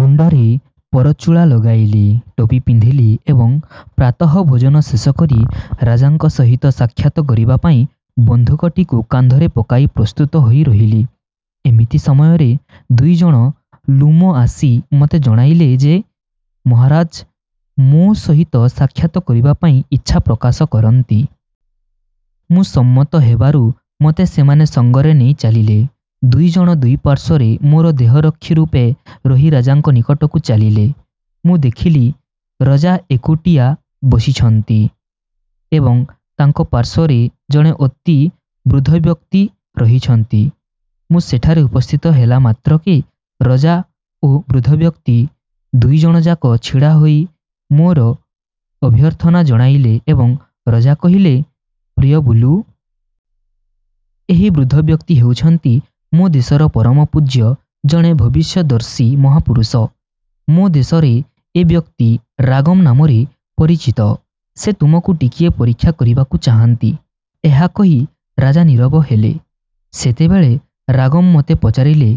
ମୁଣ୍ଡରେ ପରଚୁଳା ଲଗାଇଲି। ଟୋପି ପିନ୍ଧିଲି ଏବଂ ପ୍ରାତଃ ଭୋଜନ ଶେଷ କରି ରାଜାଙ୍କ ସହିତ ସାକ୍ଷାତ କରିବାପାଇଁ ବନ୍ଧୁକଟିକୁ କାନ୍ଧରେ ପକାଇ ପ୍ରସ୍ତୁତ ହୋଇ ରହିଲି। ଏମିତି ସମୟରେ ଦୁଇଜଣ ଲ୍ଲୁମ ଆସି ମୋତେ ଜଣାଇଲେ ଯେ, ମହାରାଜ ମୋ ସହିତ ସାକ୍ଷାତ କରିବାପାଇଁ ଇଚ୍ଛା ପ୍ରକାଶ କରନ୍ତି। ମୁଁ ସମ୍ମତ ହେବାରୁ ମୋତେ ସେମାନେ ସଙ୍ଗରେ ନେଇ ଚାଲିଲେ। ଦୁଇଜଣ ଦୁଇ ପାର୍ଶ୍ୱରେ ମୋର ଦେହରକ୍ଷୀ ରୂପେ ରହି ରାଜାଙ୍କ ନିକଟକୁ ଚାଲିଲେ। ମୁଁ ଦେଖିଲି ରଜା ଏକୁଟିଆ ବସିଛନ୍ତି ଏବଂ ତାଙ୍କ ପାର୍ଶ୍ୱରେ ଜଣେ ଅତି ବୃଦ୍ଧବ୍ୟକ୍ତି ରହିଛନ୍ତି। ମୁଁ ସେଠାରେ ଉପସ୍ଥିତ ହେଲା ମାତ୍ରକେ ରଜା ଓ ବୃଦ୍ଧବ୍ୟକ୍ତି ଦୁଇଜଣଯାକ ଛିଡ଼ା ହୋଇ ମୋର ଅଭ୍ୟର୍ଥନା ଜଣାଇଲେ ଏବଂ ରଜା କହିଲେ, 'ପ୍ରିୟ ବୁଲୁ! ଏହି ବୃଦ୍ଧବ୍ୟକ୍ତି ହେଉଛନ୍ତି ମୋ ଦେଶର ପରମପୂଜ୍ୟ ଜଣେ ଭବିଷ୍ୟଦର୍ଶୀ ମହାପୁରୁଷ। ମୋ ଦେଶରେ ଏ ବ୍ୟକ୍ତି ରାଗମ୍ ନାମରେ ପରିଚିତ। ସେ ତୁମକୁ ଟିକିଏ ପରୀକ୍ଷା କରିବାକୁ ଚାହାନ୍ତି। ' ଏହା କହି ରାଜା ନୀରବ ହେଲେ। ସେତେବେଳେ ରାଗମ୍ ମୋତେ ପଚାରିଲେ,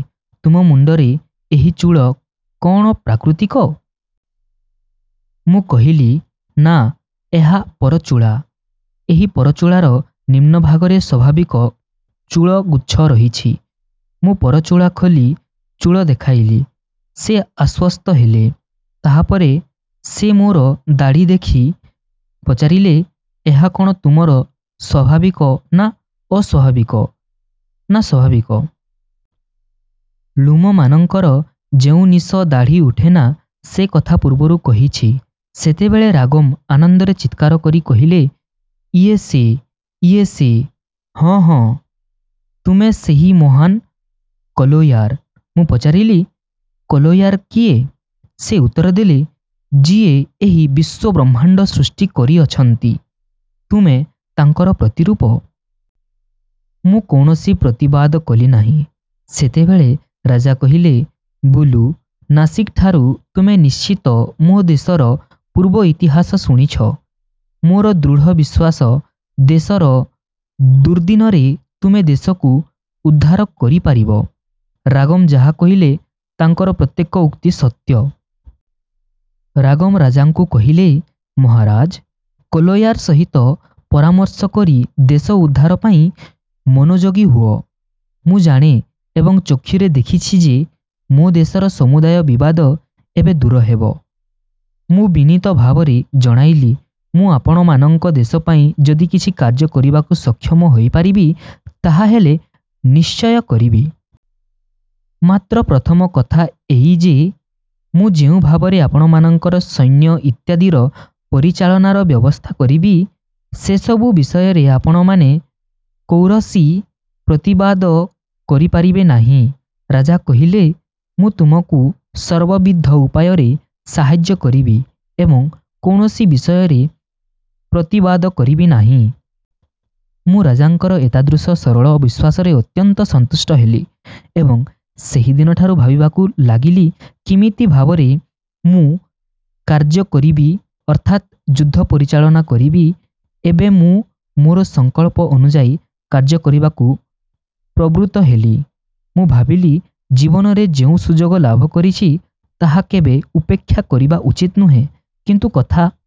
ତୁମ ମୁଣ୍ଡରେ ଏହି ଚୂଳ କ'ଣ ପ୍ରାକୃତିକ? ମୁଁ କହିଲି, ନା ଏହା ପରଚୁଳା। ଏହି ପରଚୁଳାର ନିମ୍ନଭାଗରେ ସ୍ୱାଭାବିକ ଚୂଳଗୁଚ୍ଛ ରହିଛି। ମୁଁ ପରଚୁଳା ଖୋଲି ଚୂଳ ଦେଖାଇଲି, ସେ ଆଶ୍ୱସ୍ତ ହେଲେ। ତାହାପରେ ସେ ମୋର ଦାଢ଼ି ଦେଖି ପଚାରିଲେ, ଏହା କ'ଣ ତୁମର ସ୍ୱାଭାବିକ ନା ଅସ୍ୱାଭାବିକ? ନା, ସ୍ୱାଭାବିକ। ଲ୍ଲୁମମାନଙ୍କର ଯେଉଁ ନିଶ ଦାଢ଼ି ଉଠେନା ସେ କଥା ପୂର୍ବରୁ କହିଛି। ସେତେବେଳେ ରାଗମ୍ ଆନନ୍ଦରେ ଚିତ୍କାର କରି କହିଲେ, ''ଏଇ ସେ,-ଏଇ ସେ। ହଁ, ହଁ, ତୁମେ ସେହି ମହାନ୍ କଲୋୟାର। ମୁଁ ପଚାରିଲି, 'କଲୋୟାର କିଏ? ' ସେ ଉତ୍ତର ଦେଲେ, ''ଯିଏ ଏହି ବିଶ୍ୱବ୍ରହ୍ମାଣ୍ଡ ସୃଷ୍ଟି କରିଅଛନ୍ତି, ତୁମେ ତାଙ୍କର ପ୍ରତିରୂପ-। ମୁଁ କୌଣସି ପ୍ରତିବାଦ କଲି ନାହିଁ। ସେତେବେଳେ ରାଜା କହିଲେ, ''ବୁଲୁ! ନାସିଗ୍ଠାରୁ ତୁମେ ନିଶ୍ଚୟ ମୋ ଦେଶର ପୂର୍ବ ଇତିହାସ ଶୁଣିଛ। ମୋର ଦୃଢ଼ ବିଶ୍ୱାସ, ଦେଶର ଦୁର୍ଦ୍ଦିନରେ ତୁମେ ଦେଶକୁ ଉଦ୍ଧାର କରିପାରିବ। ରାଗମ୍ ଯାହା କହିଲେ, ତାଙ୍କର ପ୍ରତ୍ୟେକ ଉକ୍ତି ସତ୍ୟ। '' ରାଗମ୍ ରାଜାଙ୍କୁ କହିଲେ, ମହାରାଜ! କଲୋୟାର ସହିତ ପରାମର୍ଶ କରି ଦେଶ ଉଦ୍ଧାରପାଇଁ ମନୋଯୋଗୀ ହୁଅ। ମୁଁ ଜାଣେ ଏବଂ ଚକ୍ଷୁରେ ଦେଖିଛି ଯେ ମୋ ଦେଶର ସମୁଦାୟ ବିବାଦ ଏବେ ଦୂର ହେବ। ମୁଁ ବିନୀତ ଭାବରେ ଜଣାଇଲି, ''ମୁଁ ଆପଣମାନଙ୍କ ଦେଶପାଇଁ ଯଦି କିଛି କାର୍ଯ୍ୟ କରିବାକୁ ସକ୍ଷମ ହୋଇପାରିବି ତାହାହେଲେ ନିଶ୍ଚୟ କରିବି। ମାତ୍ର ପ୍ରଥମ କଥା ଏଇ ଯେ, ମୁଁ ଯେଉଁ ଭାବରେ ଆପଣମାନଙ୍କର ସୈନ୍ୟ ଇତ୍ୟାଦିର ପରିଚାଳନାର ବ୍ୟବସ୍ଥା କରିବି, ସେସବୁ ବିଷୟରେ ଆପଣମାନେ କୌରସି ପ୍ରତିବାଦ କରିପାରିବେ ନାହିଁ। ରାଜା କହିଲେ-ମୁଁ ତୁମକୁ ସର୍ବବିଧ ଉପାୟରେ ସାହାଯ୍ୟ କରିବି ଏବଂ କୌଣସି ବିଷୟରେ ପ୍ରତିବାଦ କରିବି ନାହିଁ। ମୁଁ ରାଜାଙ୍କର ଏତାଦୃଶ ସରଳ ବିଶ୍ୱାସରେ ଅତ୍ୟନ୍ତ ସନ୍ତୁଷ୍ଟ ହେଲି ଏବଂ ସେହିଦିନଠାରୁ ଭାବିବାକୁ ଲାଗିଲି କିମିତି ଭାବରେ ମୁଁ କାର୍ଯ୍ୟ କରିବି ଅର୍ଥାତ୍ ଯୁଦ୍ଧ ପରିଚାଳନା କରିବି। ଏବେ ମୁଁ ମୋର ସଂକଳ୍ପ ଅନୁଯାୟୀ କାର୍ଯ୍ୟ କରିବାକୁ ପ୍ରବୃତ୍ତ ହେଲି। ମୁଁ ଭାବିଲି, ଜୀବନରେ ଯେଉଁ ସୁଯୋଗ ଲାଭ କରିଛି, ତାହା କେବେ ଉପେକ୍ଷା କରିବା ଉଚିତ ନୁହେଁ। କିନ୍ତୁ କଥା